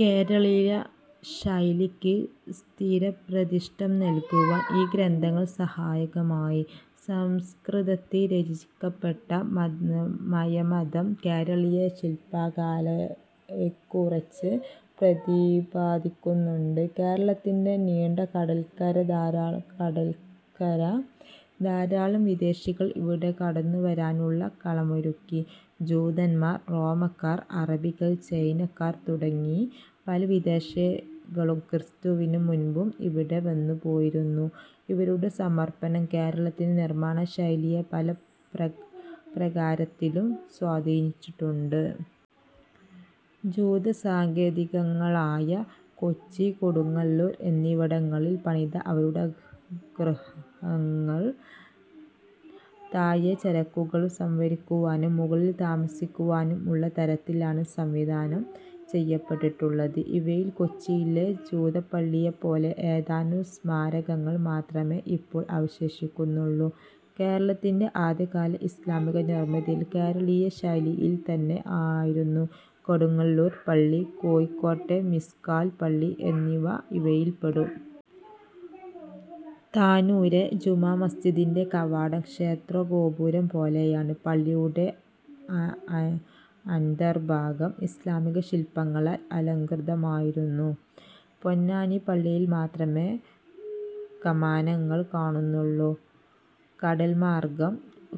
കേരളീയ ശൈലിക്ക് സ്ഥിരപ്രതിഷ്ഠ നല്കുവാൻ ഈ ഗ്രന്ഥങ്ങൾ സഹായകമായി. സംസ്കൃതത്തിൽ രചിക്കപ്പെട്ട മയമതം കേരളീയ ശില്പകലയെക്കുറിച്ച് പ്രതിപാദിക്കുന്നുണ്ട്. കേരളത്തിന്റെ നീണ്ട കടൽക്കര ധാരാളം വിദേശികൾക്ക് ഇവിടെ കടന്നുവരാനുള്ള കളമൊരുക്കി. ജൂതന്മാർ, റോമാക്കാർ, അറബികൾ, ചൈനക്കാർ തുടങ്ങി പല വിദേശികളും ക്രിസ്തുവിന് മുമ്പ് ഇവിടെ വന്നുപോയിരുന്നു. അവരുടെ സമ്പർക്കം കേരളത്തിലെ നിർമ്മാണശൈലിയെ പല പ്രകാരത്തിലും സ്വാധീനിച്ചിട്ടുണ്ട്. ജൂതസങ്കേതങ്ങളായ കൊച്ചി, കൊടുങ്ങല്ലൂർ എന്നിവിടങ്ങളിൽ പണിത അവരുടെ ഗൃഹങ്ങൾ താഴെ ചരക്കുകൾ സംഭരിക്കുവാനും മുകളിൽ താമസിക്കുവാനും ഉള്ള തരത്തിലാണ് സംവിധാനം ചെയ്യപ്പെട്ടിട്ടുള്ളത്. ഇവയിൽ കൊച്ചിയിലെ ജൂതപ്പള്ളിപോലെ ഏതാനും സ്മാരകങ്ങൾ മാത്രമേ ഇപ്പോൾ അവശേഷിക്കുന്നുള്ളൂ. കേരളത്തിലെ ആദ്യകാല ഇസ്ലാമിക നിർമിതികൾ കേരളീയ ശൈലിയിൽത്തന്നെ ആയിരുന്നു. കൊടുങ്ങല്ലൂർ പള്ളി, കോഴിക്കോട്ടെ മിസ്കാൽ പള്ളി എന്നിവ ഇവയിൽപ്പെടും. താനൂരെ ജുമാ മസ്ജിദിന്റെ കവാടം ക്ഷേത്രഗോപുരം പോലെയാണ്. പള്ളിയുടെ അന്തർഭാഗം ഇസ്ലാമിക ശില്പങ്ങളാൽ അലംകൃതങ്ങളായിരുന്നു. പൊന്നാനി പള്ളിയിൽ മാത്രമേ കമാനങ്ങൾ കാണുന്നുള്ളൂ. കടൽമാർഗ്ഗം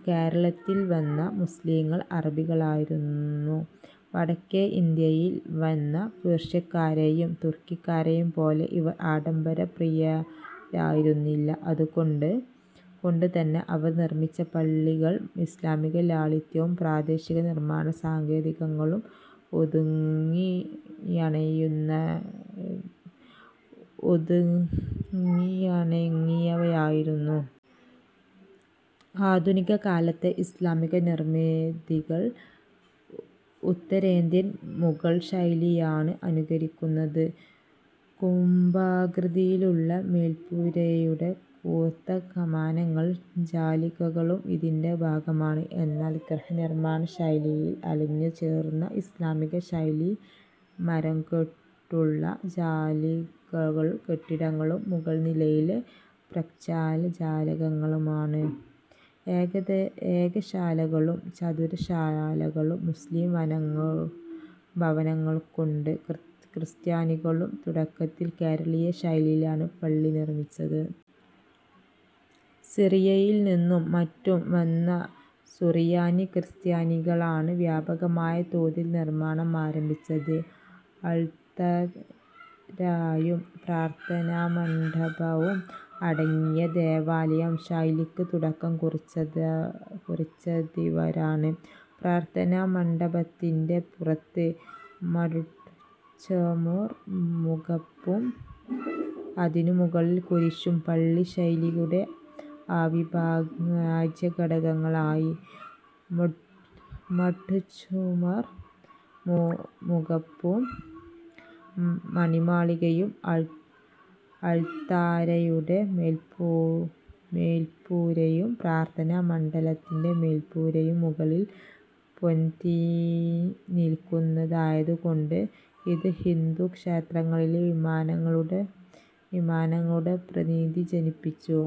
കേരളത്തിൽവന്ന മുസ്ലീങ്ങൾ അറബികളായിരുന്നു. വടക്കേ ഇന്ത്യയിൽ വന്ന പേർഷ്യക്കാരേയും തുർക്കികളേയുംപോലെ ഇവർ ആഡംബര പ്രിയരായിരുന്നില്ല. അതുകൊണ്ടുതന്നെ അവർ നിർമിച്ച പള്ളികൾ ഇസ്ലാമിക ലാളിത്യവും പ്രാദേശിക നിർമ്മാണസങ്കേതങ്ങളും ഒത്തിണങ്ങിയവയായിരുന്നു. ആധുനിക കാലത്തെ ഇസ്ലാമിക നിർമിതികൾ ഉത്തരേന്ത്യൻ മുഗൾശൈലിയാണ് അനുകരിക്കുന്നത്. കുംഭാകൃതിയിലുള്ള മേൽപ്പുരയും കൂർത്ത കമാനങ്ങളും ജാലികളും ഇതിന്റെ ഭാഗമാണ്. എന്നാൽ ഗൃഹനിർമ്മാണ ശൈലിയിൽ അലിഞ്ഞുചേർന്ന ഇസ്ലാമിക ശൈലി മരംകൊണ്ടുള്ള ജാലികളും കെട്ടിടങ്ങളുടെ മുകൾനിലകളിലെ പ്രേക്ഷാജാലകങ്ങളുമാണ്. ഏകശാലകളും ചതുശ്ശാലകളും മുസ്ലീം ഭവനങ്ങൾക്കുണ്ട്. ക്രിസ്ത്യാനികളും തുടക്കത്തിൽ കേരളീയ ശൈലിയിലാണ് പള്ളികൾ നിർമിച്ചത്. സിറിയയിൽ നിന്നും മറ്റും വന്ന സുറിയാനി ക്രിസ്ത്യാനികളാണ് വ്യാപകമായ തോതിൽ നിർമ്മാണം ആരംഭി ച്ചത്. അൾത്താരയും പ്രാർഥനാമണ്ഡപവും അടങ്ങിയ ദേവാലയ ശൈലിക്ക് തുടക്കം കുറിച്ചതിവരാണ്. പ്രാർഥനാമണ്ഡപത്തിന്റെ പുറത്ത് മട്ടച്ചുമർ മുഖപ്പും അതിനു മുകളിൽ കുരിശും പള്ളി ശൈലിയുടെ അവിഭാജ്യഘടകങ്ങളായി. മട്ടച്ചുമർ മുഖപ്പും മണിമാളികയും അൾത്താരയുടെ മേൽപ്പുരയും പ്രാർഥനാ മണ്ഡപത്തിന്റെ മേൽപ്പുരയുടെ മുകളിൽ പൊന്തിനില്ക്കുന്നതുകൊണ്ട് ഇത് ഹിന്ദു ക്ഷേത്രങ്ങളിലെ വിമാനങ്ങളുടെ പ്രതീതി ജനിപ്പിച്ചു.